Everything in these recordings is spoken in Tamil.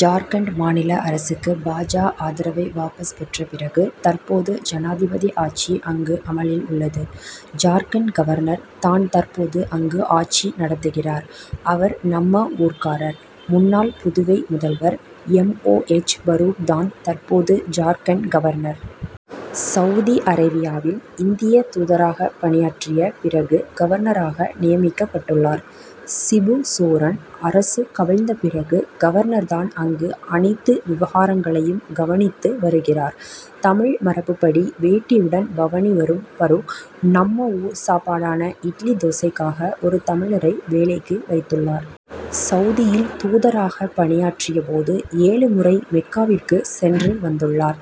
ஜார்க்கண்ட் மாநில அரசுக்கு பா. ஜ., ஆதரவை வாபஸ் பெற்ற பிறகு, தற்போது ஜனாதிபதி ஆட்சி அங்கு அமலில் உள்ளது. ஜார்க்கண்ட் கவர்னர் தான் தற்போது அங்கு ஆட்சி நடத்துகிறார். அவர் நம்ம ஊர்க்காரர். முன்னாள் புதுவை முதல்வர் எம். ஓ. எச். பரூக் தான் தற்போது ஜார்க்கண்ட் கவர்னர். சவுதி அரேபியாவில் இந்திய தூதராகப் பணியாற்றிய பிறகு கவர்னராக நியமிக்கப்பட்டுள்ளார். சிபு சோரன் அரசு கவிழ்ந்த பிறகு கவர்னர் தான் அங்கு அனைத்து விவகாரங்களையும் கவனித்து வருகிறார். தமிழ் மரபுப்படி வேட்டியுடன் பவனி வரும் பரூக், நம்ம ஊர் சாப்பாடான இட்லி தோசைக்காக ஒரு தமிழரை வேலைக்கு வைத்துள்ளார். சவுதியில் தூதராகப் பணியாற்றிய போது ஏழு முறை மெக்காவிற்கு சென்று வந்துள்ளார்.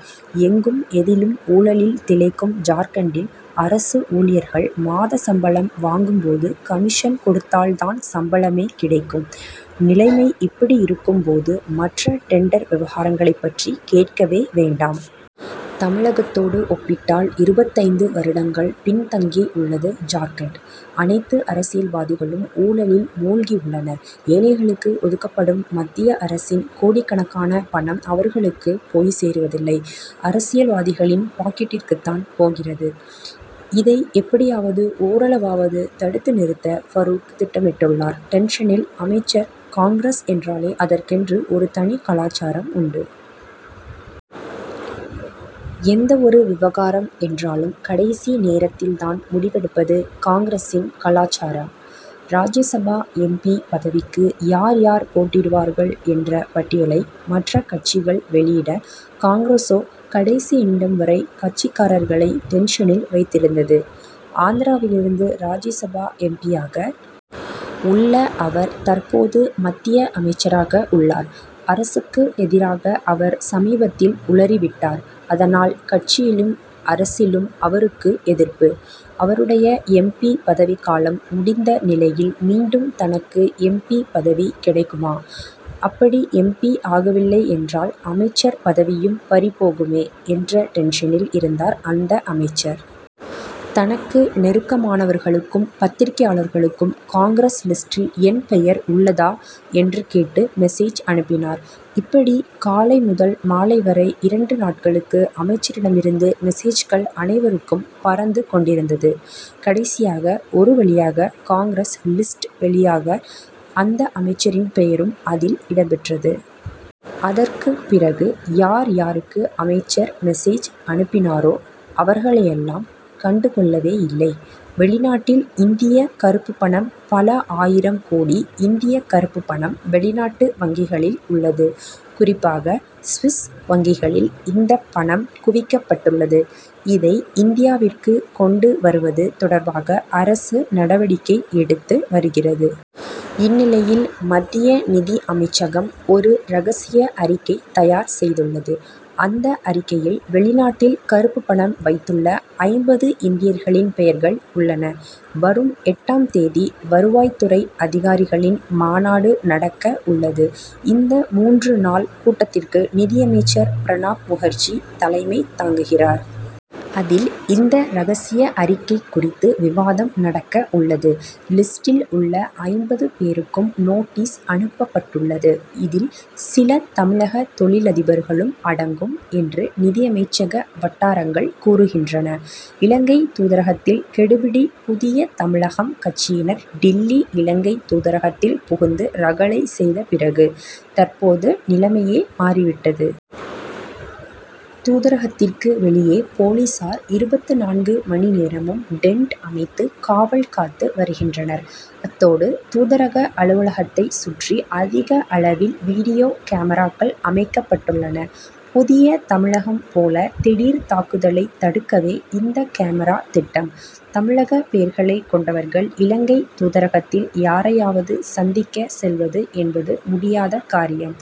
எங்கும், எதிலும் ஊழலில் திளைக்கும் ஜார்க்கண்டில் அரசு ஊழியர்கள் மாத சம்பளம் வாங்கும் போது, கமிஷன் கொடுத்தால் தான் சம்பளமே கிடைக்கும். நிலைமை இப்படியிருக்கும் போது, மற்ற டெண்டர் விவகாரங்களைப் பற்றி கேட்கவே வேண்டாம். தமிழகத்தோடு ஒப்பிட்டால் இருபத்தைந்து வருடங்கள் பின் தங்கி உள்ளது ஜார்க்கண்ட். அனைத்து அரசியல்வாதிகளும் ஊழலில் முழுகியுள்ளனர். ஏழைகளுக்கு ஒதுக்கப்படும் மத்திய அரசின் கோடிக்கணக்கான பணம் அவர்களுக்கு போய் சேருவதில்லை; அரசியல்வாதிகளின் பாக்கெட்டிற்குத் தான் போகிறது. இதை எப்படியாவது ஓரளவாவது தடுத்து நிறுத்த பரூக் திட்டமிட்டுள்ளார் டென்ஷனில் அமைச்சர் காங்கிரஸ் என்றாலே அதற்கென்று ஒரு தனி கலாசாரம் உண்டு. எந்த ஒரு விவகாரம் என்றாலும் கடைசி நேரத்தில் தான் முடிவெடுப்பது காங்கிரசின் கலாசாரம். ராஜ்யசபா எம். பி., பதவிக்கு யார் யார் போட்டியிடுவார்கள் என்ற பட்டியலை மற்ற கட்சிகள் வெளியிட, காங்கிரசோ கடைசி நிமிடம் வரை கட்சிக்காரர்களை டென்ஷனில் வைத்திருந்தது. ஆந்திராவிலிருந்து ராஜ்யசபா எம். பி.,யாக உள்ள அவர் தற்போது மத்திய அமைச்சராக உள்ளார். அரசுக்கு எதிராக அவர் சமீபத்தில் உளறிவிட்டார். அதனால், கட்சியிலும் அரசிலும் அவருக்கு எதிர்ப்பு. அவருடைய எம். பி., பதவிக்காலம் முடிந்த நிலையில் மீண்டும் தனக்கு எம். பி., பதவி கிடைக்குமா? அப்படி எம். பி., ஆகவில்லையென்றால் அமைச்சர் பதவியும் பறிபோகுமே என்ற டென்ஷனில் இருந்தார் அந்த அமைச்சர். தனக்கு நெருக்கமானவர்களுக்கும், பத்திரிகையாளர்களுக்கும் காங்., லிஸ்டில் என் பெயர் உள்ளதா? என்று கேட்டு மெசேஜ் அனுப்பினார். இப்படி காலை முதல் மாலை வரை, இரண்டு நாட்களுக்கு அமைச்சரிடமிருந்து மெசேஜ்கள் அனைவருக்கும் பறந்து கொண்டிருந்தது. கடைசியாக ஒரு வழியாக காங்., லிஸ்ட் வெளியாக, அந்த அமைச்சரின் பெயரும் அதில் இடம்பெற்றது. அதற்குப் பிறகு, யார் யாருக்கு அமைச்சர் மெசேஜ் அனுப்பினாரோ, அவர்களையெல்லாம் கண்டுகொள்ளவேயில்லை. வெளிநாட்டில் இந்திய கறுப்புப்பணம் பல ஆயிரம் கோடி இந்திய கறுப்புப்பணம் வெளிநாட்டு வங்கிகளில் உள்ளது. குறிப்பாக, சுவிஸ் வங்கிகளில் இந்த பணம் குவிக்கப்பட்டுள்ளது. இதை இந்தியாவிற்கு கொண்டு வருவது தொடர்பாக அரசு நடவடிக்கை எடுத்து வருகிறது. இந்நிலையில், மத்திய நிதி அமைச்சகம் ஒரு ரகசிய அறிக்கை தயார் செய்துள்ளது. அந்த அறிக்கையில் வெளிநாட்டில் கறுப்புப்பணம் வைத்துள்ள ஐம்பது இந்தியர்களின் பெயர்கள் உள்ளன. வரும் எட்டாம் தேதி வருவாய்த்துறை அதிகாரிகளின் மாநாடு நடக்க உள்ளது. இந்த மூன்று நாள் கூட்டத்திற்கு நிதியமைச்சர் பிரணாப் முகர்ஜி தலைமை தாங்குகிறார். அதில், இந்த ரகசிய அறிக்கை குறித்து விவாதம் நடக்க உள்ளது. லிஸ்டில் உள்ள ஐம்பது பேருக்கும் நோட்டீஸ் அனுப்பப்பட்டுள்ளது. இதில், சில தமிழக தொழிலதிபர்களும் அடங்கும் என்று நிதியமைச்சக வட்டாரங்கள் கூறுகின்றன. இலங்கை தூதரகத்தில் கெடுபிடி புதிய தமிழகம் கட்சியினர் டில்லி இலங்கை தூதரகத்தில் புகுந்து ரகளை செய்த பிறகு, தற்போது நிலைமையே மாறிவிட்டது. தூதரகத்திற்கு வெளியே போலீசார் இருபத்து நான்கு மணி நேரமும் டென்ட் அமைத்து காவல் காத்து வருகின்றனர். அத்தோடு தூதரக அலுவலகத்தைச் சுற்றி அதிக அளவில் வீடியோ கேமராக்கள் அமைக்கப்பட்டுள்ளன. புதிய தமிழகம் போல திடீர் தாக்குதலைத் தடுக்கவே இந்த கேமரா திட்டம். தமிழக பெயர்களைக் கொண்டவர்கள், இலங்கை தூதரகத்தில் யாரையாவது சந்திக்க செல்வது என்பது முடியாத காரியம்.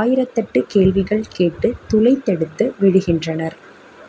ஆயிரத்தெட்டு கேள்விகள் கேட்டு துளைத்தெடுத்து விடுகின்றனர்.